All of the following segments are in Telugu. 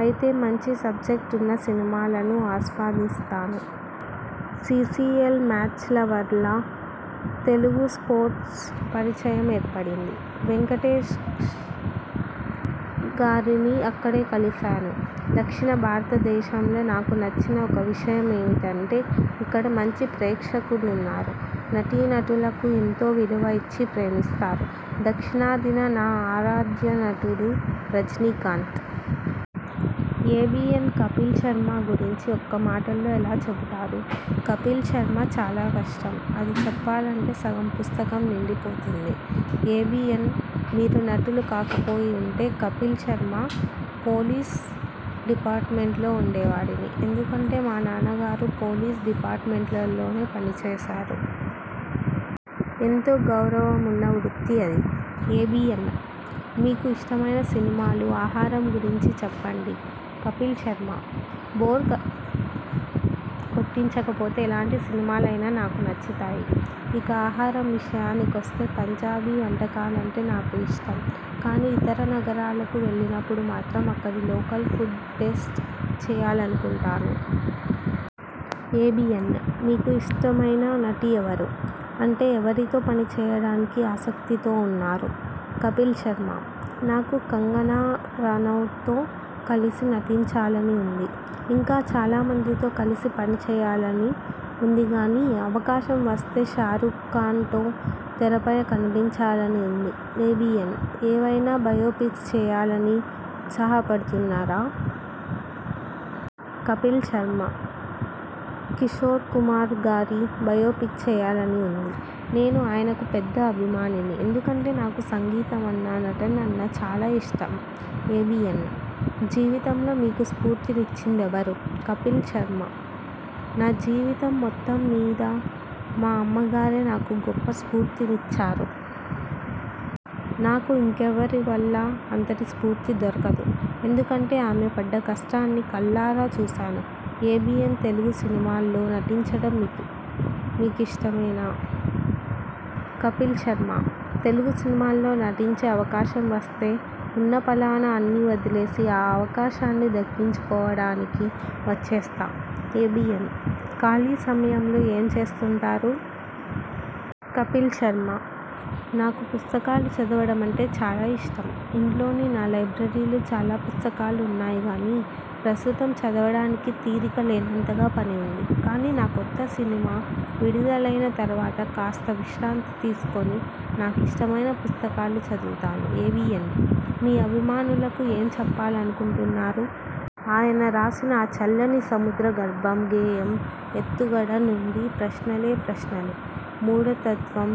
అయితే, మంచి సబ్జెక్ట్ ఉన్న సినిమాలను ఆస్వాదిస్తాను. సీసీఎల్ మ్యాచ్ల వల్ల తెలుగు స్టార్స్తో పరిచయం ఏర్పడింది. వెంకటేశ్గారిని అక్కడే కలిశాను. దక్షిణ భారతదేశంలో నాకు నచ్చిన ఒక విషయం ఏమిటంటే, ఇక్కడ మంచి ప్రేక్షకులున్నారు. నటీనటులకు ఎంతో విలువ ఇచ్చి ప్రేమిస్తారు. దక్షిణాదిన నా ఆరాధ్యనటుడు రజనీకాంత్. ఏబీఎన్: కపిల్ శర్మ గురించి ఒక్క మాటలో ఎలా చెబుతారు? కపిల్ శర్మ: చాలా కష్టం. అది చెప్పాలంటే సగం పుస్తకం నిండిపోతుంది. ఏబీఎన్: మీరు నటులు కాకపోయి ఉంటే? కపిల్ శర్మ: పోలీస్ డిపార్ట్మెంట్లో ఉంటేవాడిని. ఎందుకంటే, మా నాన్నగారు పోలీస్ డిపార్ట్మెంట్లోనే పనిచేశారు. ఎంతో గౌరవం ఉన్న వృత్తి అది. ఏబీఎన్: మీకు ఇష్టమైన సినిమాలు, ఆహారం గురించి చెప్పండి కపిల్ శర్మ: బోర్ కొట్టించకపోతే ఎలాంటి సినిమాలైనా నాకు నచ్చుతాయి. ఇక ఆహారం విషయానికొస్తే పంజాబీ వంటకాలంటే నాకు ఇష్టం. కానీ, ఇతర నగరాలకు వెళ్ళినప్పుడు మాత్రం అక్కడి లోకల్ ఫుడ్ టేస్ట్ చెయ్యాలనుకుంటాను. ఏబీఎన్: మీకు ఇష్టమైన నటి ఎవరు? అంటే, ఎవరితో పనిచేయడానికి ఆసక్తితో ఉన్నారు? కపిల్ శర్మ: నాకు కంగనా రనౌత్తో కలసి నటించాలని ఉంది. ఇంకా చాలామందితో కలసి పనిచెయ్యాలని ఉందిగానీ, అవకాశం వస్తే షారుఖ్ ఖాన్తో తెరపై కనిపించాలని ఉంది. ఏబీఎన్: ఏవైనా బయోపిక్స్ చేయాలని ఉత్సాహపడుతున్నారా? కపిల్ శర్మ: కిశోర్కుమార్ గారి బయోపిక్ చేయాలని ఉంది. నేను ఆయనకు పెద్ద అభిమానిని. ఎందుకంటే నాకు సంగీతమన్నా, నటనన్నా చాలా ఇష్టం. ఏబీఎన్: జీవితంలో మీకు స్ఫూర్తినిచ్చింది ఎవరు? కపిల్ శర్మ: నా జీవితం మొత్తం మీద మా అమ్మగారే నాకు గొప్ప స్ఫూర్తినిచ్చారు. నాకు ఇంకెవరి వల్లా అంతటి స్ఫూర్తి దొరకదు. ఎందుకంటే ఆమె పడ్డ కష్టాన్ని కళ్ళారా చూశాను. ఏబీఎన్: తెలుగు సినిమాల్లో నటించడం మీకిష్టమేనా? కపిల్ శర్మ: తెలుగు సినిమాల్లో నటించే అవకాశం వస్తే ఉన్నపళాన అన్నీ వదిలేసి ఆ అవకాశాన్ని దక్కించుకోవడానికి వచ్చేస్తా ఏబీఎన్: ఖాళీ సమయంలో ఏం చేస్తుంటారు? కపిల్ శర్మ: నాకు పుస్తకాలు చదవడమంటే చాలా ఇష్టం. ఇంట్లోని నా లైబ్రరీలో చాలా పుస్తకాలు ఉన్నాయి గానీ, ప్రస్తుతం చదవడానికి తీరిక లేనంతగా పని ఉంది. కానీ, నా కొత్త సినిమా విడుదలైన తర్వాత కాస్త విశ్రాంతి తీసుకుని నాకిష్టమైన పుస్తకాలు చదువుతాను. ఏబీఎన్: మీ అభిమానులకు ఏం చెప్పాలనుకుంటున్నారు? ఆయన రాసిన 'ఆ చల్లని సముద్ర గర్భం' గేయం ఎత్తుగడ నుండీ ప్రశ్నలే ప్రశ్నలు! మూఢత్వం,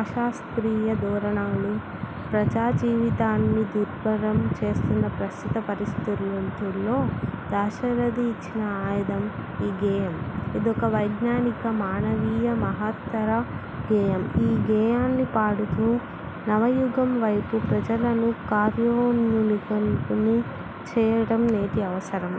అశాస్ర్తీయ ధోరణులు ప్రజాజీవితాన్ని దుర్భరం చేస్తున్న ప్రస్తుత పరిస్థితుల్లో దాశరథి ఇచ్చిన ఆయుధం ఈ గేయం. ఇదొక వైజ్ఞానిక, మానవీయ, మహత్తర గేయం. ఈ గేయాన్ని పాడుతూ, నవయుగం వైపు ప్రజలను కార్యోన్ముఖుల్ని చేయటం నేటి అవసరం.